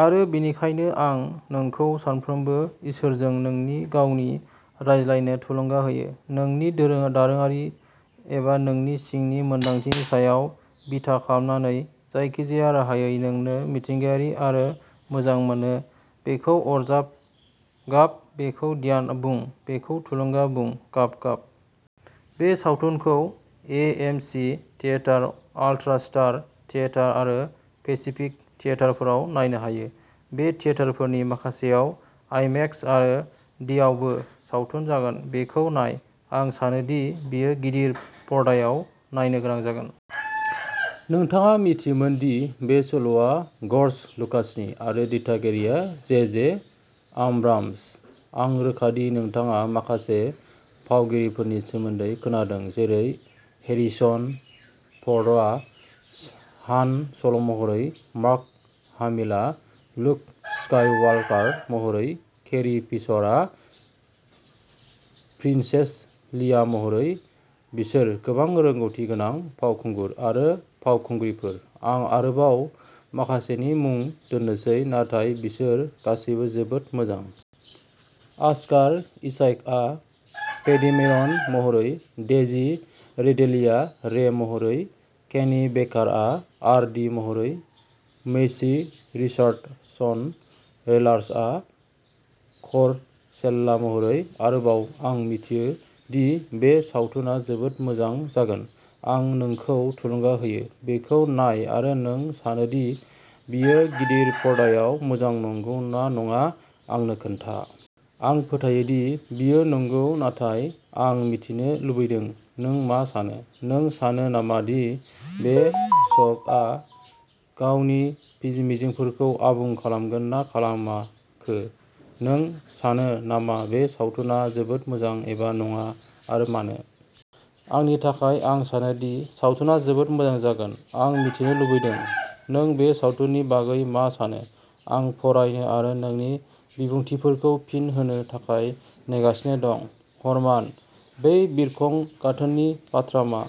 आरो बेनिखायनो, आं नोंखौ सानफ्रोमबो इसोरजों नोंनि गावनि रायज्लायनो थुलुंगा होयो, नोंनि दोरोङारि एबा नोंनि सिंनि मोनदांथिनि सायाव बिथा खालामनानै, जायखिजाया राहायै नोंनो मिथिंगायारि आरो मोजां मोनो। बेखौ आरज गाब, बेखौ ध्यान बुं, बेखौ थुलुंगा बुं, गाब गाब। बे सावथुनखौ A. M. C. Theatre, ultra star theatre आरो पेसिफिक थियेटारफोराव नायनो हायो। बे थियेटारफोरनि माखासेयाव आइमेक्स आरो डीआवबो सावथुन जागोन, बेखौ नाय! आं सानो दि बेयो गिदिर पर्दायाव नायनो गोनां जागोन। नोंथाङा मिथियामोन दि बे सल'आ ग'र्ज लुकासनि आरो दिथागिरिया जे. जे. आब्राम्स। आं रोखा दि नोंथाङा माखासे फावगिरिफोरनि सोमोन्दै खोनादों जेरै हेरिसन फ'र्डआ हान सल'महरै, मार्क हामिलआ लुक स्काइवाल्कार महरै, केरी फिशारआ प्रिन्सेस लिया महरै, बिसोर गोबां रोंग'थि गोनां फावखुंगुर आरो फावखुंग्रिफोर, आं आरोबाव माखासेनि मुं दोन्नोसै नाथाय बिसोर गासैबो जोबोद मोजां। अस्कार इसाकआ प'डेमेरन महरै, डेजी रिडलेया रे महरै, केनी बेकारआ आर डी महरै, मैसी रिचार्डसन सेलार्सआ कर सेल्ला महरै। आरोबाव, आं मिथियो दि बे सावथुना जोबोद मोजां जागोन। आं नोंखौ थुलुंगा होयो। बेखौ नाय आरो नों सानो दि बेयो गिदिर पर्दायाव मोजां नंगौ ना नङा आंनो खोन्था? आं फोथायो दि बेयो नंगौ, नाथाय आं मिथिनो लुबैदों नों मा सानो। नों सानो नामा दि बे श'आ गावनि मिजिंफोरखौ आबुं खालामगोन ना खालामखो? नों सानो नामा बे सावथुना जोबोद मोजां एबा नङा आरो मानो? आंनि थाखाय आं सानो दि सावथुना जोबोद मोजां जागोन। आं मिथिनो लुबैदों नों बे सावथुननि बागै मा सानो। आं फरायनो आरो नोंनि बिबुंथिफोरखौ फिन होनो थाखाय नेगासिनो दं। हारमानः बै बिरखं गाथोननि बाथ्रा मा?